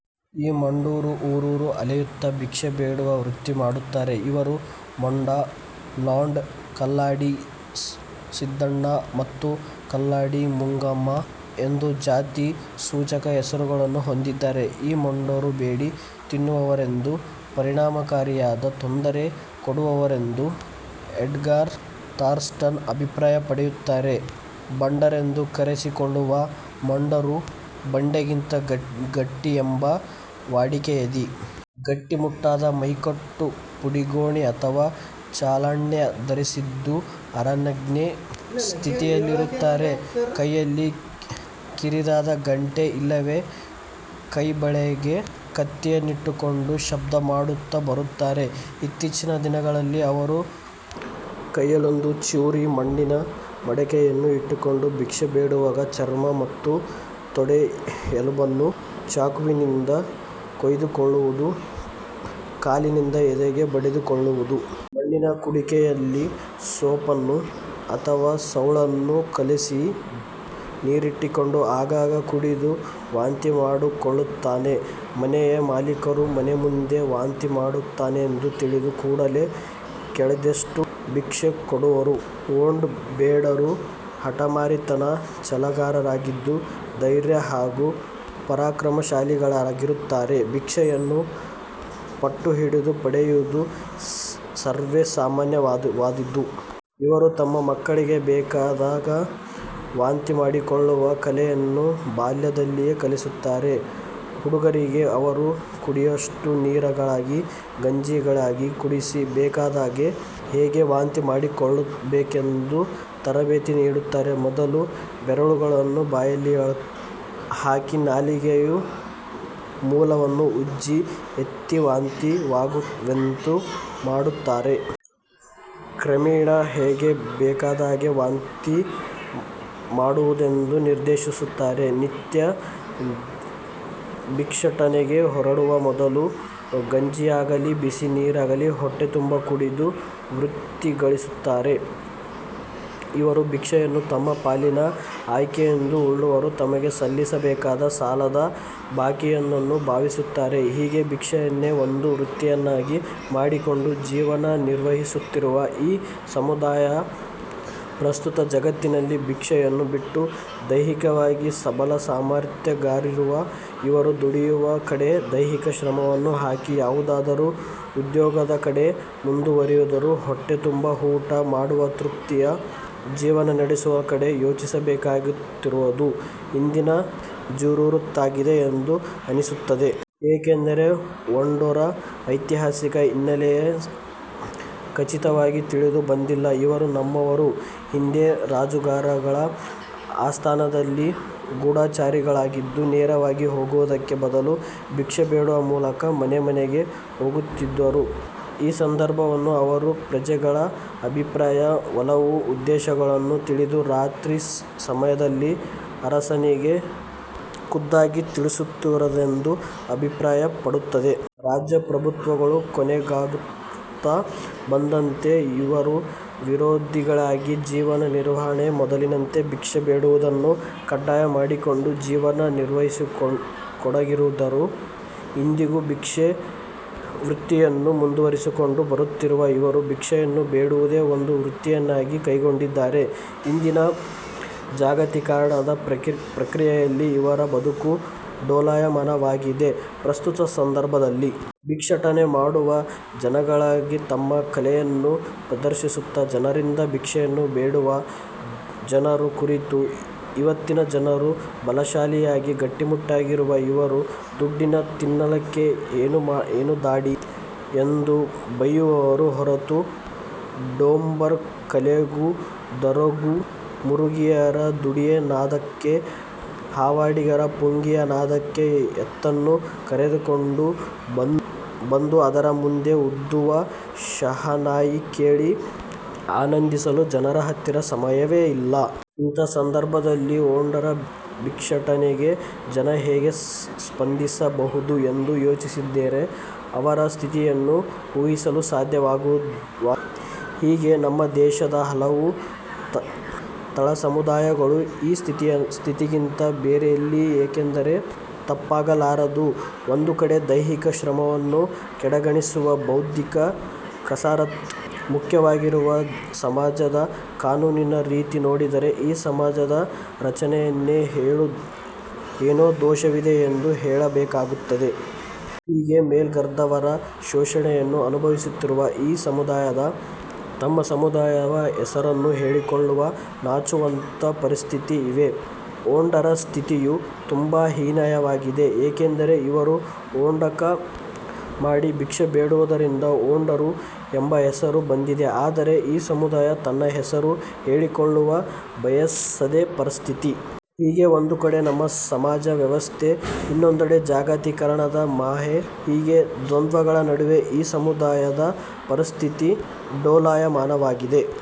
ಈ ಮೊಂಡರು ಊರೂರು ಅಲೆಯುತ್ತ ಭಿಕ್ಷೆ ಬೇಡುವ ವೃತ್ತಿ ಮಾಡುತ್ತಾರೆ. ಇವರು ಮೊಂಡಿ, ಲಾಂಡ, ಕಲ್ಲಾಡಿ, ಸಿದ್ದಾಣ ಮತ್ತು ಕಲ್ಲಾಡಿ ಮುಂಗಾಮ ಎಂದೂ ಜಾತಿ ಸೂಚಕ ಹೆಸರುಗಳನ್ನು ಹೊಂದಿದ್ದಾರೆ. "ಈ ಮೊಂಡರು ಬೇಡಿ ತಿನ್ನುವವರೆಂದು ಪರಿಣಾಮಕಾರಿಯಾದ ತೊಂದರೆ ಕೊಡುವವರೆಂದು" ಎಡ್ಗರ್ ಥರ್ಸ್ಟನ್ ಅಭಿಪ್ರಾಯ ಪಡುತ್ತಾರೆ. ಬಂಡರೆಂದು ಕರೆಸಿ ಕೊಳ್ಳುವ ಮೊಂಡರು ಬಂಡೆಗಿಂತ ಗಟ್ಟಿಯೆಂಬ ವಾಡಿಕೆಯಿದೆ. ಗಟ್ಟಿಮುಟ್ಟಾದ ಮೈಕಟ್ಟು ಪುಡಗೋನಿ ಅಥವಾ ಚಲ್ಲಾಣ ಧರಿಸಿದ್ದು ಅರೆನಗ್ನ ಸ್ಥಿತಿಯಲ್ಲಿರುತ್ತಾರೆ. ಕೈಯಲ್ಲಿ ಕಿರಿದಾದ ಗಂಟೆ ಇಲ್ಲವೆ ಕೈಬಳೆಗೆ ಕತ್ತಿಯನ್ನಿಟ್ಟುಕೊಂಡು ಶಬ್ದ ಮಾಡುತ್ತಾ ಬರುತ್ತಾರೆ. ಇತ್ತೀಚಿನ ದಿನಗಳಲ್ಲಿ ಅವರು ಕೈಯಲ್ಲೊಂದು ಚೂರಿ ಮಣ್ಣಿನ ಮಡಕೆಯನ್ನು ಇಟ್ಟುಕೊಂಡು ಭಿಕ್ಷೆ ಬೇಡುವಾಗ ಚರ್ಮ ಮತ್ತು ತೊಡೆ ಎಲುಬನ್ನು ಚಾಕುವಿನಿಂದ ಕೊಯ್ದುಕೊಳ್ಳುವುದು ಕಲ್ಲಿನಿಂದ ಎದೆಗೆ ಬಡಿದುಕೊಳ್ಳುವುದು. ಮಣ್ಣಿನ ಕುಡಿಕೆಯಲ್ಲಿ ಸೋಪನ್ನು ಅಥವಾ ಸೌಳನ್ನು ಕಲಿಸಿದ ನೀರಿಟ್ಟುಕೊಂಡು ಆಗಾಗ ಕುಡಿದು ವಾಂತಿ ಮಾಡಿಕೊಳ್ಳುತ್ತಾನೆ. ಮನೆಯ ಮಾಲಿಕರು ಮನೆ ಮುಂದೆ ವಾಂತಿ ಮಾಡುತ್ತಾನೆಂದು ತಿಳಿದು ಕೂಡಲೇ ಕೇಳಿದಷ್ಟು ಭಿಕ್ಷೆ ಕೊಡುವರು. ಮೊಂಡ ಬೇಡರು ಹಟಮಾರಿತನ, ಛಲಗಾರರಾಗಿದ್ದು, ಧೈರ್ಯ ಹಾಗೂ ಪರಾಕ್ರಮಶಾಲಿಗಳಾಗಿರುತ್ತಾರೆ. ಭಿಕ್ಷೆಯನ್ನು ಪಟ್ಟು ಹಿಡಿದು ಪಡೆಯುವುದು ಸರ್ವೇ ಸಾಮಾನ್ಯವಾದುದು. ಇವರು ತಮ್ಮ ಮಕ್ಕಳಿಗೆ ಬೇಕೆಂದಾಗ ವಾಂತಿ ಮಾಡಿಕೊಳ್ಳುವ ಕಲೆಯನ್ನು ಬಾಲ್ಯ ದಲ್ಲಿಯೇ ಕಲಿಸುತ್ತಾರೆ. ಹುಡುಗರಿಗೆ ಅವರು ಕುಡಿಯುವಷ್ಟು ನೀರಾಗಲಿ, ಗಂಜಿಯಾಗಲಿ ಕುಡಿಸಿ ಬೇಕೆಂದಾಗ ಹೇಗೆ ವಾಂತಿ ಮಾಡಿಕೊಳ್ಳಬೇಕೆಂದು ತರಬೇತಿ ನೀಡುತ್ತಾರೆ. ಮೊದಲು ಬೆರಳುಗಳನ್ನು ಬಾಯಿಯೊಳಕ್ಕೆ ಹಾಕಿ, ನಾಲಿಗೆಯ ಮೂಲವನ್ನು ಉಜ್ಜಿ, ಒತ್ತಿ, ವಾಂತಿ ಯಾಗುವಂತೆ ಮಾಡುತ್ತಾರೆ. ಕ್ರಮೇಣ ಹೇಗೆ ಬೇಕೆಂದಾಗ ಮಾತ್ರ ವಾಂತಿ ಮಾಡುವುದೆಂದು ನಿರ್ದೇಶಿಸುತ್ತಾರೆ. ನಿತ್ಯ ಭಿಕ್ಷಾಟನೆಗೆ ಹೊರಡುವ ಮೊದಲು ಗಂಜಿಯಾಗಲಿ ಬಿಸಿ ನೀರಾಗಲಿ ಹೊಟ್ಟೆ ತುಂಬ ಕುಡಿದು ವೃತ್ತಿಗಿಳಿಯುತ್ತಾರೆ. ಇವರು ಭಿಕ್ಷೆಯನ್ನು ತಮ್ಮ ಪಾಲಿನ ಹಕ್ಕೆಂದು ಉಳ್ಳವರು ತಮಗೆ ಸಲ್ಲಿಸಬೇಕಾದ ಸಾಲದ ಬಾಕಿಯೆಂದು ಭಾವಿಸುತ್ತಾರೆ. ಹೀಗೆ ಭಿಕ್ಷೆಯನ್ನೇ ಒಂದು ವೃತ್ತಿಯನ್ನಾಗಿ ಮಾಡಿಕೊಂಡು ಜೀವನ ನಿರ್ವಹಿಸುತ್ತಿರುವ ಈ ಸಮುದಾಯ ಪ್ರಸ್ತುತ ಜಗತ್ತಿನಲ್ಲಿ ಭಿಕ್ಷೆಯನ್ನು ಬಿಟ್ಟು ದೈಹಿಕವಾಗಿ ಸಬಲ ಸಮರ್ಥ ರಾಗಿರುವ ಇವರು ದುಡಿಯುವ ಕಡೆ ದೈಹಿಕ ಶ್ರಮವನ್ನು ಹಾಕಿ ಯಾವುದಾದರೂ ಉದ್ಯೋಗದ ಕಡೆ ಮುಂದುವರಿದು ಹೊಟ್ಟೆ ತುಂಬ ಊಟ ಮಾಡುವ ತೃಪ್ತಿಯ ಜೀವನ ನಡೆಸುವ ಕಡೆ ಯೋಚಿಸಬೇಕಾಗಿರುವುದು ಇಂದಿನ ಜರೂರತ್ತಾಗಿದೆ ಎಂದು ಅನಿಸುತ್ತದೆ. ಯಾಕೆಂದರೆ ಮೊಂಡರ ಐತಿಹಾಸಿಕ ಹಿನ್ನೆಲೆ ಖಚಿತವಾಗಿ ತಿಳಿದು ಬಂದಿಲ್ಲ ಇವರು "ನಮ್ಮವರು ಹಿಂದೆ ರಾಜರುಗಳ ಆಸ್ಥಾನದಲ್ಲಿ ಗೂಢಾಚಾರಿಗಳಾಗಿದ್ದು ನೇರವಾಗಿ ಹೋಗುವುದಕ್ಕೆ ಬದಲು ಭಿಕ್ಷೆ ಬೇಡುವ ಮೂಲಕ ಮನೆ ಮನೆಗೆ ಹೋಗುತ್ತಿದ್ದರು. ಈ ಸಂದರ್ಭದಲ್ಲಿ ಅವರು ಪ್ರಜೆಗಳ ಅಭಿಪ್ರಾಯ, ಒಲವು ಉದ್ದೇಶಗಳನ್ನು ತಿಳಿದು ರಾತ್ರಿ ಸಮಯದಲ್ಲಿ ಅರಸನಿಗೆ ಖುದ್ದಾಗಿ ತಿಳಿಸುತ್ತಿದ್ದರೆಂದು" ಅಭಿಪ್ರಾಯಪಡುತ್ತಾರೆ. ರಾಜಪ್ರಭುತ್ವಗಳು ಕೊನೆಗಾಣುತ್ತಾ ಬಂದಂತೆ ಇವರು ನಿರುದ್ಯೋಗಿಗಳಾಗಿ ಜೀವನ ನಿರ್ವಹಣೆಗೆ ಮೊದಲಿನಂತೆ ಭಿಕ್ಷೆ ಬೇಡುವುದನ್ನು ಕಡ್ಡಾಯ ಮಾಡಿಕೊಂಡು ಜೀವನ ನಿರ್ವಹಿಸತೊಡಗಿದರು. ಇಂದಿಗೂ ಇದೇ ಭಿಕ್ಷಾವೃತ್ತಿಯನ್ನು ಮುಂದುವರಿಸಿಕೊಂಡು ಬರುತ್ತಿರುವ ಇವರು ಭಿಕ್ಷೆಯನ್ನು ಬೇಡುವುದೇ ಒಂದು ವೃತ್ತಿಯನ್ನಾಗಿ ಕೈಗೊಂಡಿದ್ದಾರೆ. ಇಂದಿನ ಜಾಗತೀಕರಣದ ಪ್ರಕ್ರಿಯೆಯಲ್ಲಿ ಇವರ ಬದುಕು ಡೋಲಾಯಮಾನವಾಗಿದೆ. ಪ್ರಸ್ತುತ ಸಂದರ್ಭದಲ್ಲಿ ಭಿಕ್ಷಾಟನೆ ಮಾಡುವ ಜನರಿಗಾಗಲಿ ತಮ್ಮ ಕಲೆಯನ್ನು ಪ್ರದರ್ಶಿಸುತ್ತಾ ಜನರಿಂದ ಭಿಕ್ಷೆಯನ್ನು ಬೇಡುವ ಜನರನ್ನು ಕುರಿತು ಇವತ್ತಿನ ಜನರು ಬಲಶಾಲಿಗಳಾಗಿ ಗಟ್ಟಿಮುಟ್ಟಾಗಿರುವ ಇವರು ದುಡಿದು ತಿನ್ನಲಿಕ್ಕೆ ಏನು ಧಾಡಿ ಎಂದು ಬೈಯುವರೆ ಹೊರತು ಡೊಂಬರ ಕಲೆಗೂ, ದುರುಗು ಮುರುಗಿಯರ ದುಡಿಯ ನಾದಕ್ಕೆ, ಹಾವಾಡಿಗರ ಪುಂಗಿಯ ನಾದಕ್ಕೆ ಎತ್ತನ್ನು ಕರೆದುಕೊಂಡು ಬಂದು ಅದರ ಮುಂದೆ ಊದುವ ಶಹನಾಯಿ ಕೇಳಿ ಆನಂದಿಸಲು ಜನರ ಹತ್ತಿರ ಸಮಯವೇ ಇಲ್ಲ. ಇಂಥ ಸಂದರ್ಭದಲ್ಲಿ ಮೊಂಡರ ಭಿಕ್ಷಾಟನೆಗೆ ಜನ ಹೇಗೆ ಸ್ಪಂದಿಸಬಹುದು ಎಂದು ಯೋಚಿಸಿದರೇನೆ ಅವರ ಸ್ಥಿತಿಯನ್ನು ಊಹಿಸಲು ಸಾಧ್ಯವಾಗದು. ಹೀಗೆ ನಮ್ಮ ದೇಶದ ಹಲವು ತಳಸಮುದಾಯಗಳು ಈ ಸ್ಥಿತಿಗಿಂತ ಬೇರೆಯಾಗಿಲ್ಲ ಎಂದರೆ ತಪ್ಪಾಗಲಾರದು. ಒಂದು ಕಡೆ ದೈಹಿಕ ಶ್ರಮವನ್ನು ಕಡೆಗಣಿಸುವ ಬೌದ್ದಿಕ ಕಸರತ್ತೆ ಮುಖ್ಯವಾಗಿರುವ ಸಮಾಜದ ಕಾನೂನಿನ ರೀತಿ ನೋಡಿದರೆ ಈ ಸಮಾಜದ ರಚನೆಯಲ್ಲೇ ಏನೋ ದೋಷವಿದೆ ಎಂದು ಹೇಳಬೇಕಾಗುತ್ತದೆ. ಹೀಗೆ ಮೇಲ್ವರ್ಗದವರ ಶೋಷಣೆಯನ್ನು ಅನುಭವಿಸುತ್ತಿರುವ ಈ ಸಮುದಾಯಗಳು ತಮ್ಮ ಸಮುದಾಯದ ಹೆಸರನ್ನು ಹೇಳಿಕೊಳ್ಳಲು ನಾಚುವಂತ ಪರಿಸ್ಥಿತಿಯಲ್ಲಿ ಇವೆ. ಮೊಂಡರ ಸ್ಥಿತಿಗಳು ತುಂಬಾ ಹೀನಾಯವಾಗಿವೆ. ಏಕೆಂದರೆ ಇವರು ಮೊಂಡಾಟ ಮಾಡಿ ಭಿಕ್ಷೆ ಬೇಡುವುದರಿಂದ ಮೊಂಡರು ಎಂಬ ಹೆಸರು ಬಂದಿದೆ. ಆದರೆ ಈ ಸಮುದಾಯ ತನ್ನ ಹೆಸರು ಹೇಳಿಕೊಳ್ಳಲು ಬಯಸದ ಪರಿಸ್ಥಿತಿ. ಹೀಗೆ ಒಂದು ಕಡೆ ನಮ್ಮ ಸಮಾಜ ವ್ಯವಸ್ಥೆ ಇನ್ನೊಂದೆಡೆ ಜಾಗತೀಕರಣದ ಮಾಯೆ, ಹೀಗೆ ದ್ವಂದ್ವಗಳ ನಡುವೆ ಈ ಸಮುದಾಯದ ಪರಿಸ್ಥಿತಿ ಡೋಲಾಯಮಾನವಾಗಿದೆ.